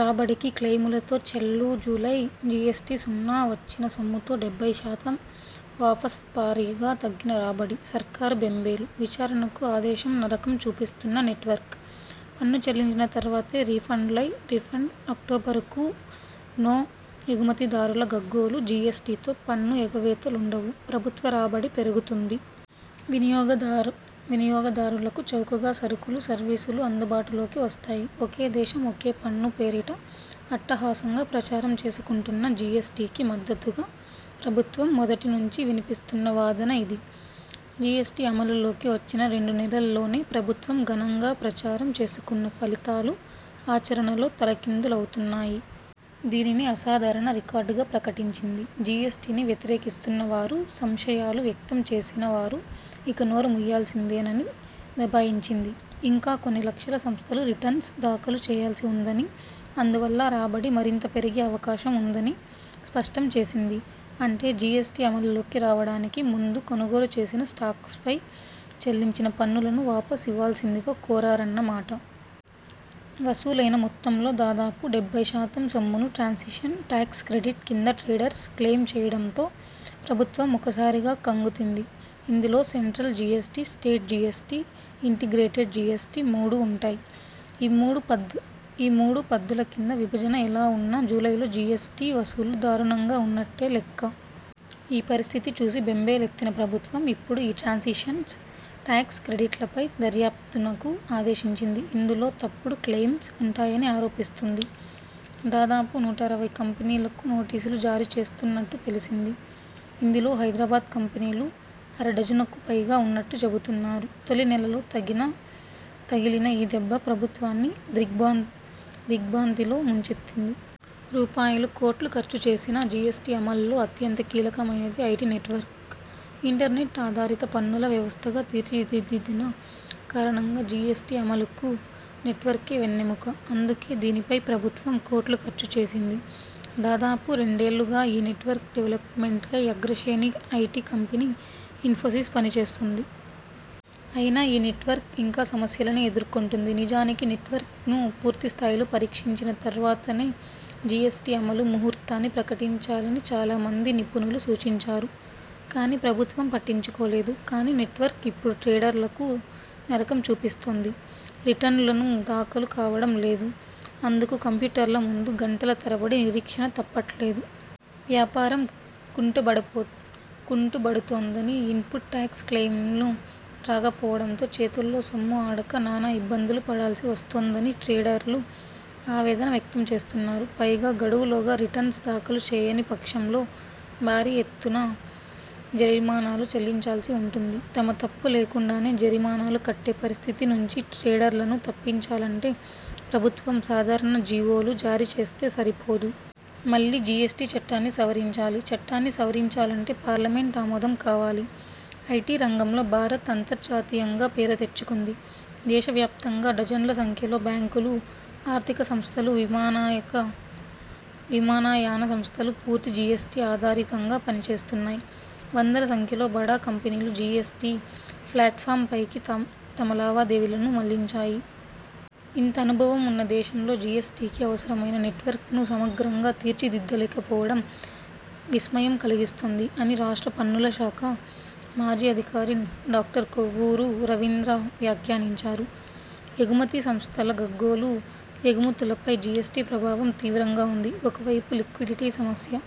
రాబడికి క్లెయిములతో చెల్లుజూలై జీఎస్టీ సున్నా.. వచ్చిన సొమ్ములో డెబ్బైశాతం వాపస్భారీగా తగ్గిన రాబడి.. సర్కారు బెంబేలు.. విచారణకు ఆదేశంనరకం చూపిస్తున్న నెట్వర్క్.. పన్ను చెల్లించిన తర్వాతే రిఫండ్లై రిఫండ్ అక్టోబరుకూ నో.. ఎగుమతిదారుల గగ్గోలు జీఎస్టీతో పన్ను ఎగవేతలుండవు. ప్రభుత్వ రాబడి పెరుగుతుంది. వినియోగదారులకు చౌకగా సరుకులు, సర్వీసులు అందుబాటులోకి వస్తాయి. ఒకే దేశం- ఒకే పన్ను పేరిట అట్టహాసంగా ప్రచారం చేసుకుంటున్న జీఎస్టీకి మద్దతుగా ప్రభుత్వం మొదటి నుంచీ వినిపిస్తున్న వాదన ఇది. జీఎస్టీ అమల్లోకి వచ్చిన రెండు నెలల్లోనే ప్రభుత్వం ఘనంగా ప్రచారం చేసుకున్న ఫలితాలు ఆచరణలో తలకిందులవుతున్నాయి. దీనిని అసాధారణ రికార్డుగా ప్రకటించింది. జీఎస్టీని వ్యతిరేకిస్తున్న వారు, సంశయాలు వ్యక్తం చేసిన వారు ఇక నోరు మూయాల్సిందేనని దబాయించింది. ఇంకా కొన్ని లక్షల సంస్థలు రిటర్న్స్ దాఖలు చేయాల్సి ఉందని, అందువల్ల రాబడి మరింత పెరిగే అవకాశం ఉందని స్పష్టం చేసింది. అంటే, జీఎస్టీ అమల్లోకి రావడానికి ముందు కొనుగోలు చేసిన స్టాక్పై చెల్లించిన పన్నులను వాపస్ ఇవ్వాల్సిందిగా కోరారన్న మాట. వసూలైన మొత్తంలో దాదాపు డెబ్బై శాతం సొమ్మును ట్రాన్సిషన్ టాక్స్ క్రెడిట్ కింద ట్రేడర్లు క్లెయిమ్ చేయడంతో ప్రభుత్వం ఒక్కసారిగా కంగుతింది। ఇందులో central GST, state GST, integrated GST మూడూ ఉంటాయి. ఈ మూడు ఈ మూడు పద్దుల కింద విభజన ఎలా ఉన్నా.. జూలైలో జీఎస్టీ వసూళ్లు దారుణంగా ఉన్నట్టే లెక్క. ఈ పరిస్థితి చూసి బెంబేలెత్తిన ప్రభుత్వం.. ఇప్పుడు ఈ ట్రాన్సిషన్ టాక్స్ క్రెడిట్లపై దర్యాప్తునకు ఆదేశించింది. ఇందు లో తప్పుడు క్లెయిమ్స్ ఉంటాయని ఆరోపిస్తోంది. దాదాపు నూట అరవై కంపెనీలకు నోటీసులు జారీ చేస్తున్నట్టు తెలిసింది। ఇందులో హైదరాబాద్ కంపెనీలు అర డజనుకుపైగా ఉన్నట్టు చెబుతున్నారు. తొలి నెలలో తగిలిన ఈ దెబ్బ ప్రభుత్వాన్ని దిగ్ర్భాంతి దిగ్ర్భాంతిలో ముంచెత్తింది. రూ. కోట్లు ఖర్చు చేసినా.. జీఎస్టీ అమల్లో అత్యంత కీలకమైనది ఐటీ నెట్వర్క్. ఇంటర్నెట్ ఆధారిత పన్నుల వ్యవస్థగా తీర్చిదిద్దిన కారణంగా జీఎస్టీ అమలుకు నెట్వర్కే వెన్నెముక. అందుకే దీనిపై ప్రభుత్వం కోట్లు ఖర్చు చేసింది. దాదాపు రెండేళ్లుగా ఈ నెట్వర్క్ డెవల్పమెంట్పై అగ్రశ్రేణి ఐటీ కంపెనీ ఇన్ఫోసిస్ పనిచేస్తోంది. అయినా ఈ నెట్వర్క్ ఇంకా సమస్యలనే ఎదుర్కొంటోంది. నిజానికి, నెట్వర్క్ను పూర్తిస్థాయిలో పరీక్షించిన తర్వాతనే జీఎస్టీ అమలు ముహూర్తాన్ని ప్రకటించాలని చాలామంది నిపుణులు సూచించారు. కానీ ప్రభుత్వం పట్టించుకోలేదు. కానీ, నెట్వర్క్ ఇప్పుడు ట్రేడర్లకు నరకం చూపిస్తోంది. రిటర్నులు దాఖలు కావడం లేదు. అందుకు కంప్యూటర్ల ముందు గంటల తరబడి నిరీక్షణ తప్పట్లేదు. వ్యాపారం కుంటుబడుతోందని, ఇన్పుట్ టాక్స్ క్లెయిమ్లు రాకపోవడంతో చేతుల్లో సొమ్ము ఆడక నానా ఇబ్బందులు పడాల్సి వస్తోందని ట్రేడర్లు ఆవేదన వ్యక్తం చేస్తున్నారు. పైగా గడువులోగా రిటర్న్స్ దాఖలు చేయని పక్షంలో భారీ ఎత్తున జరిమానాలు చెల్లించాల్సి ఉంటుంది. తమ తప్పు లేకుండానే జరిమానాలు కట్టే పరిస్థితి నుంచి ట్రేడర్లను తప్పించాలంటే ప్రభుత్వం సాధారణ జీవోలు జారీ చేస్తే సరిపోదు. మళ్లీ జీఎస్టీ చట్టాన్ని సవరించాలి. చట్టాన్ని సవరించాలంటే పార్లమెంట్ ఆమోదం కావాలి. ''ఐటీ రంగంలో భారత్ అంతర్జాతీయంగా పేరుతెచ్చుకుంది. దేశవ్యాప్తంగా డజన్ల సంఖ్యలో బ్యాంకులు, ఆర్థిక సంస్థలు, విమానయాన సంస్థలు పూర్తి జీఎస్టీ ఆధారితంగా పని చేస్తున్నాయి. వందల సంఖ్యలో బడా కంపెనీలు జీఎస్టీ ప్లాట్ఫామ్పైకి తమ లావాదేవీలను మళ్లించాయి. ఇంత అనుభవం ఉన్న దేశంలో జీఎస్టీకి అవసరమైన నెట్వర్క్ను సమగ్రంగా తీర్చిదిద్దలేకపోవడం విస్మయం కలిగిస్తుంది'' అని రాష్ట్ర పన్నుల శాఖ మాజీ అధికారి డాక్టర్ కొవ్వూరు రవీంద్ర వ్యాఖ్యానించారు. ఎగుమతి సంస్థల గగ్గోలు.. ఎగుమతులపై జీఎస్టీ ప్రభావం తీవ్రంగా ఉంది. ఒకవైపు, లిక్విడిటీ సమస్య.